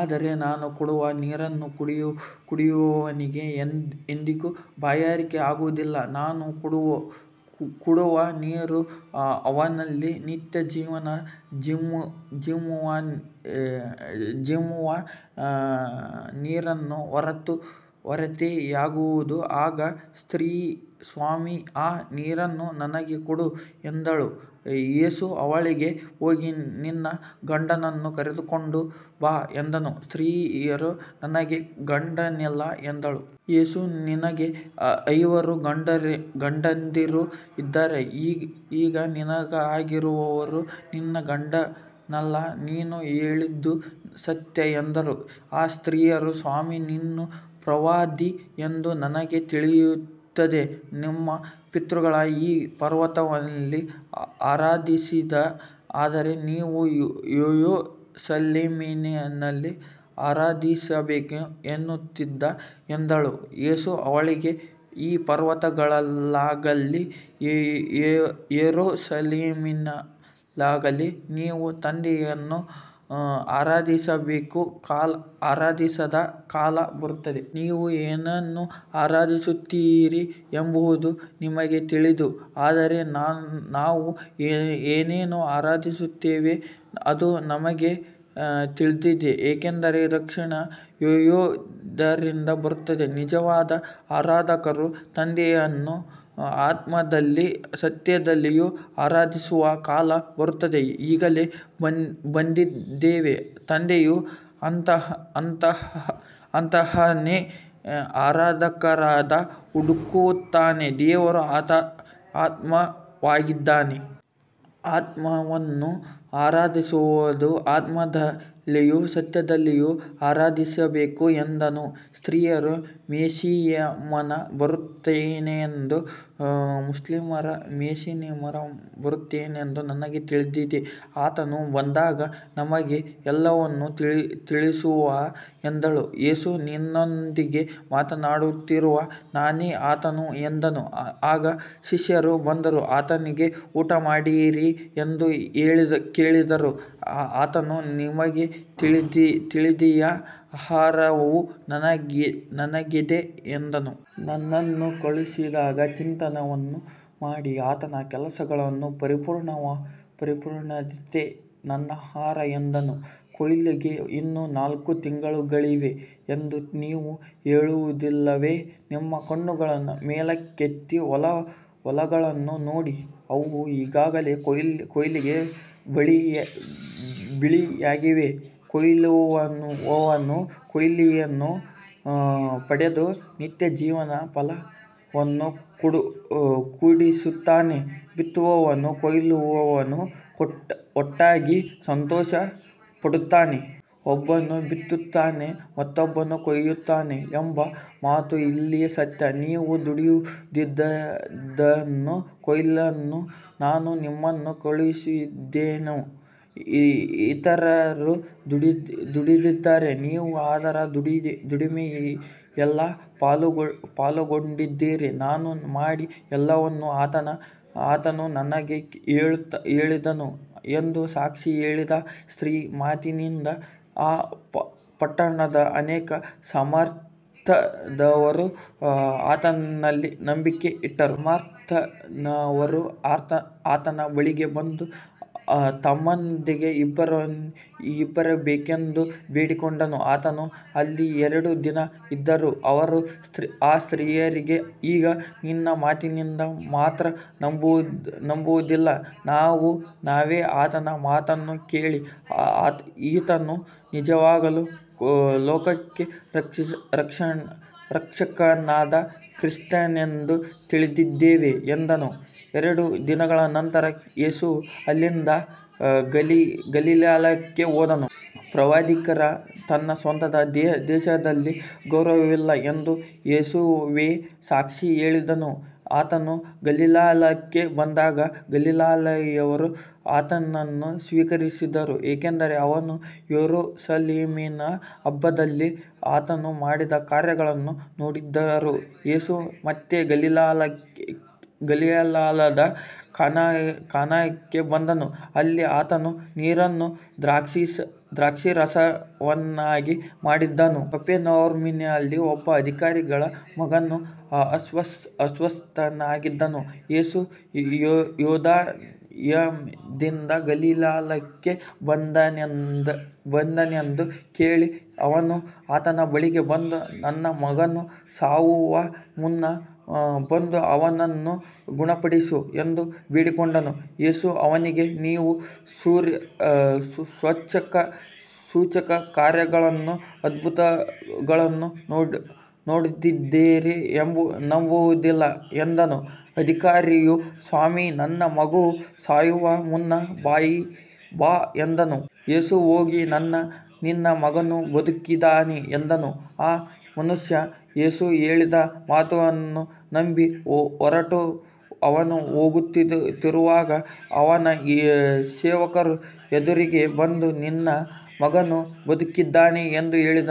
ಆದರೆ ನಾನು ಕೊಡುವ ನೀರನ್ನು ಕುಡಿಯುವವನಿಗೆ ಎಂದಿಗೂ ಬಾಯಾರಿಕೆಯಾಗುವುದಿಲ್ಲ. ನಾನು ಕೊಡುವ ನೀರು ಅವನಲ್ಲಿ ನಿತ್ಯಜೀವಕ್ಕೆ ಚಿಮ್ಮುವ ನೀರಿನ ಒರತೆಯಾಗುವುದು. ಆ ಸ್ತ್ರೀಯು, ಸ್ವಾಮೀ, ಆ ನೀರನ್ನು ನನಗೆ ಕೊಡು ಎಂದಳು. ಯೇಸು ಅವಳಿಗೆ, ಹೋಗಿ ನಿನ್ನ ಗಂಡನನ್ನು ಕರೆದುಕೊಂಡು ಬಾ ಎಂದನು. ಸ್ತ್ರೀಯು, ನನಗೆ ಗಂಡನಿಲ್ಲ ಎಂದಳು. ಯೇಸು, ನಿನಗೆ ಐವರು ಗಂಡಂದಿರು ಇದ್ದರು, ಈಗ ನಿನಗಿರುವವನು ನಿನ್ನ ಗಂಡನಲ್ಲ. ನೀನು ಹೇಳಿದ್ದು ಸತ್ಯ ಎಂದನು. ಆ ಸ್ತ್ರೀಯು, ಸ್ವಾಮೀ, ನೀನು ಪ್ರವಾದಿ ಎಂದು ನನಗೆ ತಿಳಿಯುತ್ತದೆ. ನಮ್ಮ ಪಿತೃಗಳು ಈ ಪರ್ವತದಲ್ಲಿ ಆರಾಧಿಸಿದರು, ಆದರೆ ನೀವು ಯೆರೂಸಲೇಮಿನಲ್ಲೇ ಆರಾಧಿಸಬೇಕು ಎನ್ನುತ್ತೀರಿ ಎಂದಳು. ಯೇಸು ಅವಳಿಗೆ, ಈ ಪರ್ವತದಲ್ಲಾಗಲಿ ಯೆರೂಸಲೇಮಿನಲ್ಲಾಗಲಿ ನೀವು ತಂದೆಯನ್ನು ಆರಾಧಿಸದ ಕಾಲ ಬರುತ್ತದೆ. ನೀವು ಏನನ್ನು ಆರಾಧಿಸುತ್ತೀರಿ ಎಂಬುದು ನಿಮಗೆ ತಿಳಿಯದು, ಆದರೆ ನಾವು ಏನನ್ನು ಆರಾಧಿಸುತ್ತೇವೋ ಅದು ನಮಗೆ ತಿಳಿದಿದೆ, ಏಕೆಂದರೆ ರಕ್ಷಣೆ ಯೆಹೂದ್ಯರಿಂದ ಬರುತ್ತದೆ. ನಿಜವಾದ ಆರಾಧಕರು ತಂದೆಯನ್ನು ಆತ್ಮದಲ್ಲಿಯೂ ಸತ್ಯದಲ್ಲಿಯೂ ಆರಾಧಿಸುವ ಕಾಲ ಬರುತ್ತದೆ, ಈಗಲೇ ಬಂದಿದೆ. ತಂದೆಯು ಅಂತಹವರನ್ನೇ ಆರಾಧಕರಾಗಿ ಹುಡುಕುತ್ತಾನೆ. ದೇವರು ಆತ್ಮವಾಗಿದ್ದಾನೆ. ಆತನನ್ನು ಆರಾಧಿಸುವವರು ಆತ್ಮದಲ್ಲಿಯೂ ಸತ್ಯದಲ್ಲಿಯೂ ಆರಾಧಿಸಬೇಕು ಎಂದನು. ಸ್ತ್ರೀಯು, ಮೆಸ್ಸೀಯನು ಬರುತ್ತಾನೆಂದು ನನಗೆ ತಿಳಿದಿದೆ. ಆತನು ಬಂದಾಗ ನಮಗೆ ಎಲ್ಲವನ್ನೂ ತಿಳಿಸುವನು ಎಂದಳು. ಯೇಸು, ನಿನ್ನೊಂದಿಗೆ ಮಾತನಾಡುತ್ತಿರುವ ನಾನೇ ಆತನು ಎಂದನು. ಆಗ ಶಿಷ್ಯರು ಬಂದು ಆತನಿಗೆ ಊಟಮಾಡಿರಿ ಎಂದು ಕೇಳಿದರು. ಆತನು, ನಿಮಗೆ ತಿಳಿಯದ ಆಹಾರವು ನನಗಿದೆ ಎಂದನು. ನನ್ನನ್ನು ಕಳುಹಿಸಿದಾತನ ಚಿತ್ತವನ್ನು ಮಾಡಿ ಆತನ ಕೆಲಸವನ್ನು ಪೂರ್ಣಗೊಳಿಸುವುದೇ ನನ್ನ ಆಹಾರ ಎಂದನು. ಕೊಯ್ಲಿಗೆ ಇನ್ನೂ ನಾಲ್ಕು ತಿಂಗಳುಗಳಿವೆ ಎಂದು ನೀವು ಹೇಳುವುದಿಲ್ಲವೇ. ನಿಮ್ಮ ಕಣ್ಣುಗಳನ್ನು ಮೇಲಕ್ಕೆತ್ತಿ ಹೊಲಗಳನ್ನು ನೋಡಿರಿ. ಅವು ಈಗಾಗಲೇ ಕೊಯ್ಲಿಗೆ ಬಿಳಿಯಾಗಿವೆ. ಕೊಯ್ಯುವವನು ಕೂಲಿಯನ್ನು ಪಡೆದು ನಿತ್ಯಜೀವಕ್ಕೆ ಫಲವನ್ನು ಕೂಡಿಸುತ್ತಾನೆ. ಬಿತ್ತುವವನೂ ಕೊಯ್ಯುವವನೂ ಒಟ್ಟಾಗಿ ಸಂತೋಷಪಡುತ್ತಾರೆ. ಒಬ್ಬನು ಬಿತ್ತುತ್ತಾನೆ, ಮತ್ತೊಬ್ಬನು ಕೊಯ್ಯುತ್ತಾನೆ ಎಂಬ ಮಾತು ಇಲ್ಲಿ ಸತ್ಯ. ನೀವು ದುಡಿದದ್ದಲ್ಲದದ್ದನ್ನು ಕೊಯ್ಯಲು ನಾನು ನಿಮ್ಮನ್ನು ಕಳುಹಿಸಿದ್ದೇನೆ. ಇತರರು ದುಡಿದಿದ್ದಾರೆ, ನೀವು ಅವರ ದುಡಿಮೆಯಲ್ಲಿ ಪಾಲುಗೊಂಡಿದ್ದೀರಿ. ನಾನು ಮಾಡಿದ ಎಲ್ಲವನ್ನೂ ಆತನು ನನಗೆ ಹೇಳಿದನು ಎಂದು ಸಾಕ್ಷಿ ಹೇಳಿದ ಸ್ತ್ರೀಯ ಮಾತಿನಿಂದ ಆ ಪಟ್ಟಣದ ಅನೇಕ ಸಮಾರ್ಯದವರು ಆತನಲ್ಲಿ ನಂಬಿಕೆ ಇಟ್ಟರು. ಸಮಾರ್ಯದವರು ಆತನ ಬಳಿಗೆ ಬಂದು ತಮ್ಮೊಂದಿಗೆ ಇರಬೇಕೆಂದು ಬೇಡಿಕೊಂಡರು. ಆತನು ಅಲ್ಲಿ ಎರಡು ದಿನ ಇದ್ದನು. ಅವರು ಆ ಸ್ತ್ರೀಯಿಗೆ, ಈಗ ನಿನ್ನ ಮಾತಿನಿಂದ ಮಾತ್ರ ನಂಬುವುದಿಲ್ಲ. ನಾವೇ ಆತನ ಮಾತನ್ನು ಕೇಳಿ, ಈತನು ನಿಜವಾಗಿಯೂ ಲೋಕದ ರಕ್ಷಕನಾದ ಕ್ರಿಸ್ತನೆಂದು ತಿಳಿದಿದ್ದೇವೆ ಎಂದರು. ಎರಡು ದಿನಗಳ ನಂತರ ಯೇಸು ಅಲ್ಲಿಂದ ಗಲಿಲಾಯಕ್ಕೆ ಹೋದನು. ಪ್ರವಾದಿಗೆ ತನ್ನ ಸ್ವಂತ ದೇಶದಲ್ಲಿ ಗೌರವವಿಲ್ಲ ಎಂದು ಯೇಸುವೇ ಸಾಕ್ಷಿ ಹೇಳಿದ್ದನು. ಆತನು ಗಲಿಲಾಯಕ್ಕೆ ಬಂದಾಗ ಗಲಿಲಾಯರು ಆತನನ್ನು ಸ್ವೀಕರಿಸಿದರು, ಏಕೆಂದರೆ ಅವರು ಯೆರೂಸಲೇಮಿನ ಹಬ್ಬದಲ್ಲಿ ಆತನು ಮಾಡಿದ ಕಾರ್ಯಗಳನ್ನು ನೋಡಿದ್ದರು. ಯೇಸು ಮತ್ತೆ ಗಲಿಲಾಯದ ಕಾನಾಕ್ಕೆ ಬಂದನು. ಅಲ್ಲಿ ಆತನು ನೀರನ್ನು ದ್ರಾಕ್ಷಾರಸವನ್ನಾಗಿ ಮಾಡಿದ್ದನು. ಕಪೆರ್ನೌಮಿನಲ್ಲಿ ಒಬ್ಬ ಅಧಿಕಾರಿಯ ಮಗನು ಅಸ್ವಸ್ಥನಾಗಿದ್ದನು. ಯೇಸು ಯೂದಾಯದಿಂದ ಗಲಿಲಾಯಕ್ಕೆ ಬಂದನೆಂದು ಕೇಳಿ ಅವನು ಆತನ ಬಳಿಗೆ ಬಂದು, ನನ್ನ ಮಗನು ಸಾಯುವ ಮುನ್ನ ಬಂದು ಅವನನ್ನು ಗುಣಪಡಿಸು ಎಂದು ಬೇಡಿಕೊಂಡನು. ಯೇಸು ಅವನಿಗೆ, ನೀವು ಸೂಚಕಕಾರ್ಯಗಳನ್ನೂ ಅದ್ಭುತಗಳನ್ನೂ ನೋಡದಿದ್ದರೆ ನಂಬುವುದಿಲ್ಲ ಎಂದನು. ಅಧಿಕಾರಿಯು, ಸ್ವಾಮೀ, ನನ್ನ ಮಗು ಸಾಯುವ ಮುನ್ನ ಬಾ ಎಂದನು. ಯೇಸು, ಹೋಗು, ನಿನ್ನ ಮಗನು ಬದುಕಿದ್ದಾನೆ ಎಂದನು. ಆ ಮನುಷ್ಯನು ಯೇಸು ಹೇಳಿದ ಮಾತನ್ನು ನಂಬಿ ಹೊರಟನು. ಅವನು ಹೋಗುತ್ತಿರುವಾಗ ಅವನ ಸೇವಕರು ಎದುರಿಗೆ ಬಂದು, ನಿನ್ನ ಮಗನು ಬದುಕಿದ್ದಾನೆ ಎಂದು ಹೇಳಿದರು.